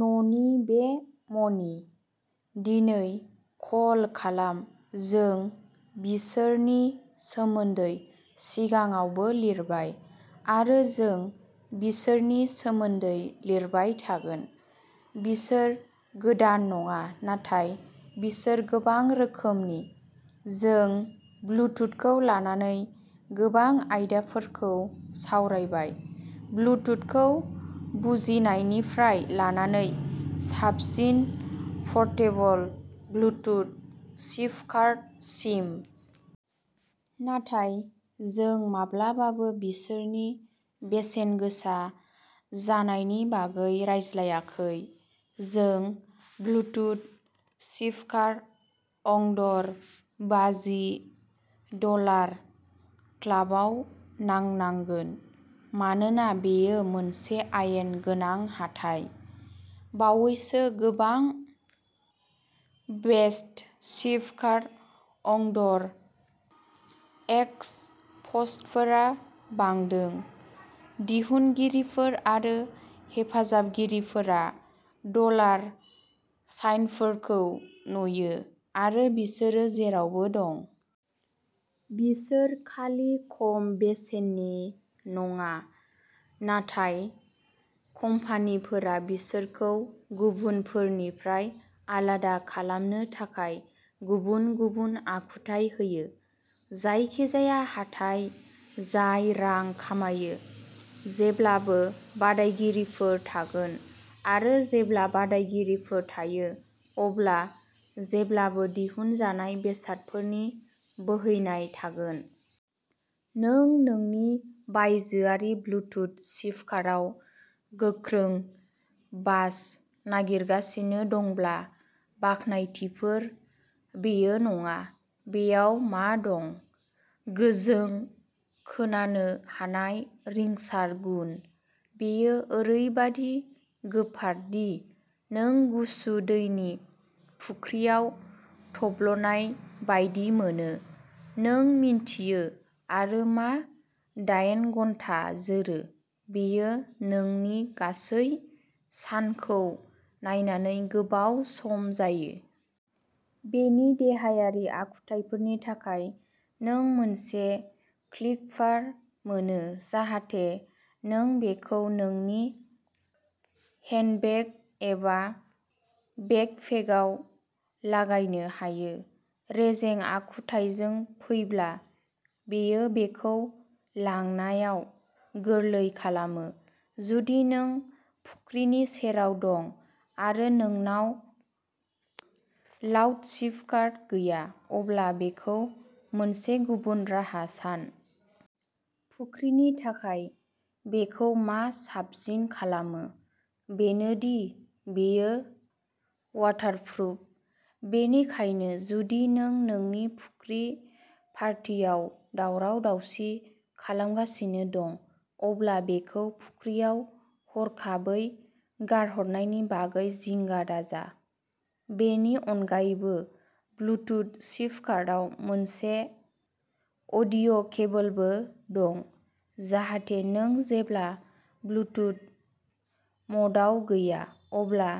न'नि बे मणि, दिनै कल खालाम जों बिसोरनि सोमोन्दै सिगाङावबो लिरबाय। आरो जों बिसोरनि सोमोन्दै लिरबाय थागोन। बिसोर गोदान नङा, नाथाय बिसोर गोबां रोखोमनि। जों ब्लुटुथखौ लानानै गोबां आयदाफोरखौ सावरायबाय। ब्लुटुथखौ बुजिनायनिफ्राय लानानै साबसिन परटेबल ब्लुटुथ स्पिकार सिम। नाथाय जों माब्लाबाबो बिसोरनि बेसेनगोसा जानायनि बागै रायज्लायाखै। जों ब्लुटुथ स्पिकार अंडर बाजि डलार क्लाबाव नांनांगोन मानोना बेयो मोनसे आयेन गोनां हाथाइ। बावैसो गोबां बेस्ट स्पिकार अंडर एक्स पस्टफोरा बांदों। दिहुनगिरिफोर आरो हेफाजाबगिरिफोरा डलार साइनफोरखौ नुयो, आरो बिसोरो जेरावबो दं। बिसोर खालि खम बेसेननि नङा, नाथाय कम्पानिफोरा बिसोरखौ गुबुनफोरनिफ्राय आलादा खालामनो थाखाय गुबुन गुबुन आखुथाय होयो। जायखिजाया हाथाइ जाय रां खामायो, जेब्लाबो बादायगिरिफोर थागोन। आरो जेब्ला बादायगिरिफोर थायो, अब्ला जेब्लाबो दिहुनजानाय बेसादफोरनि बोहैनाय थागोन। नों नोंनि बायजोआरि ब्लुटुथ स्पिकाराव गोख्रों बास नागिरगासिनो दंब्ला बाख्नायथिफोर, बेयो नङा। बेयाव मा दं। गोजों, खोनानो हानाय रिंसार गुन। बेयो ओरैबादि गोफार दि नों गुसु दैनि फुख्रियाव थब्लनाय बायदि मोनो। नों मिन्थियो आरो मा दायेन घन्टा जोरो बेयो नोंनि गासै सानखौ नायनानै गोबाव सम जायो। बेनि देहायारि आखुथायफोरनि थाखाय नों मोनसे क्लिपार मोनो जाहाथे नों बेखौ नोंनि हेन्डबेग, एबा बेकपेकआव लागायनो हायो। रेजें आखुथायजों फैब्ला, बेयो बेखौ लांनायाव गोरलै खालामो। जुदि नों फुख्रिनि सेराव दं आरो नोंनाव लाउडस्पिकार गैया, अब्ला बेखौ मोनसे गुबुन राहा सान। फुख्रिनि थाखाय बेखौ मा साबसिन खालामो बेनो दि बेयो वाटारप्रुफ। बेनिखायनो जुदि नों नोंनि फुख्रि पार्टियाव दावराव-दावसि खालामगासिनो दं, अब्ला बेखौ फुख्रियाव हरखाबै गारहरनायनि बागै जिंगा दाजा। बेनि अनगायैबो, ब्लुटुथ स्पिकाराव मोनसे अडिअ'केबलबो दं जाहाथे नों जेब्ला ब्लुटुथ म'डआव गैया अब्ला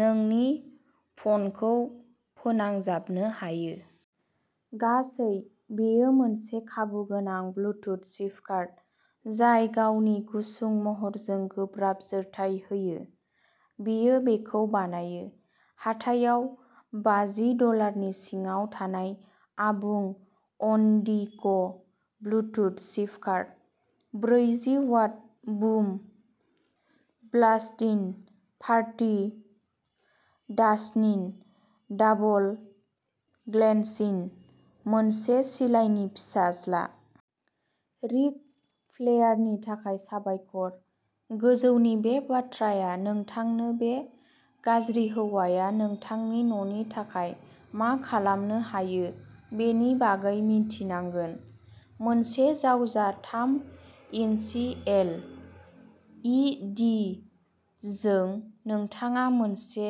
नोंनि फ'नखौ फोनांजाबनो हायो। गासै, बेयो मोनसे खाबुगोनां ब्लुटुथ स्पिकार जाय गावनि गुसुं महरजों गोब्राब जोरथाय होयो। बेयो बेखौ बानायो। हाथायाव बाजि डलारनि सिङाव थानाय आबुं अन दि ग ब्लुटुथ स्पिकार। ब्रैजि watt boom blasting, party dancing, double glancing, मोनसे सिलाइनि फिसाज्ला। रिक फ्लेयारनि थाखाय साबायखर, गोजौनि बे बाथ्राआ नोंथांनो बे गाज्रि हौवाया नोंथांनि न'नि थाखाय मा खालामनो हायो बेनि बागै मिन्थिनांगोन। मोनसे जावजा थाम इन्सि एल। इ डि जों नोंथाङा मोनसे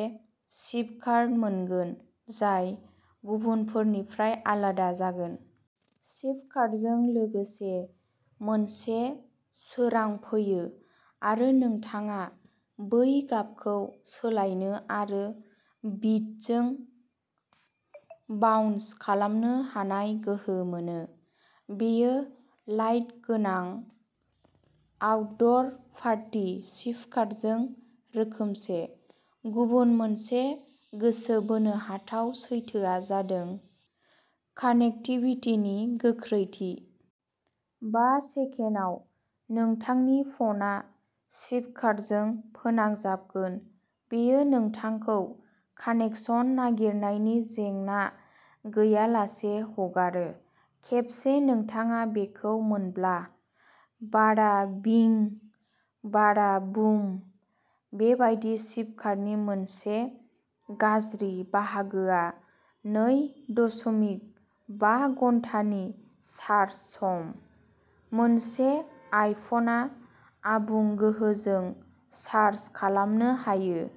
स्पिकार मोनगोन जाय गुबुनफोरनिफ्राय आलादा जागोन। स्पिकारजों लोगोसे मोनसे सोरां फैयो। आरो नोंथाङा बै गाबखौ सोलायनो आरो बिटजों बाउन्स खालामनो हानाय गोहो मोनो। बेयो लाइट गोनां आउटड'र पार्टि स्पिकारजों रोखोमसे। गुबुन मोनसे गोसो बोनो हाथाव सैथोआ जादों कानेक्टिभिटिनि गोख्रैथि। बा सेकेन्डाव, नोंथांनि फना स्पिकारजों फोनांजाबगोन। बेयो नोंथांखौ कानेक्सन नागिरनायनि जेंना गैयालासे हगारो। खेबसे नोंथाङा बेखौ मोनब्ला, बाडा बिं बाडा बुम। बेबादि स्पिकारनि मोनसे गाज्रि बाहागोआ नै दशमिक बा घन्टानि चार्ज सम। मोनसे आइफनआ आबुं गोहोजों चार्ज खालामनो हायो।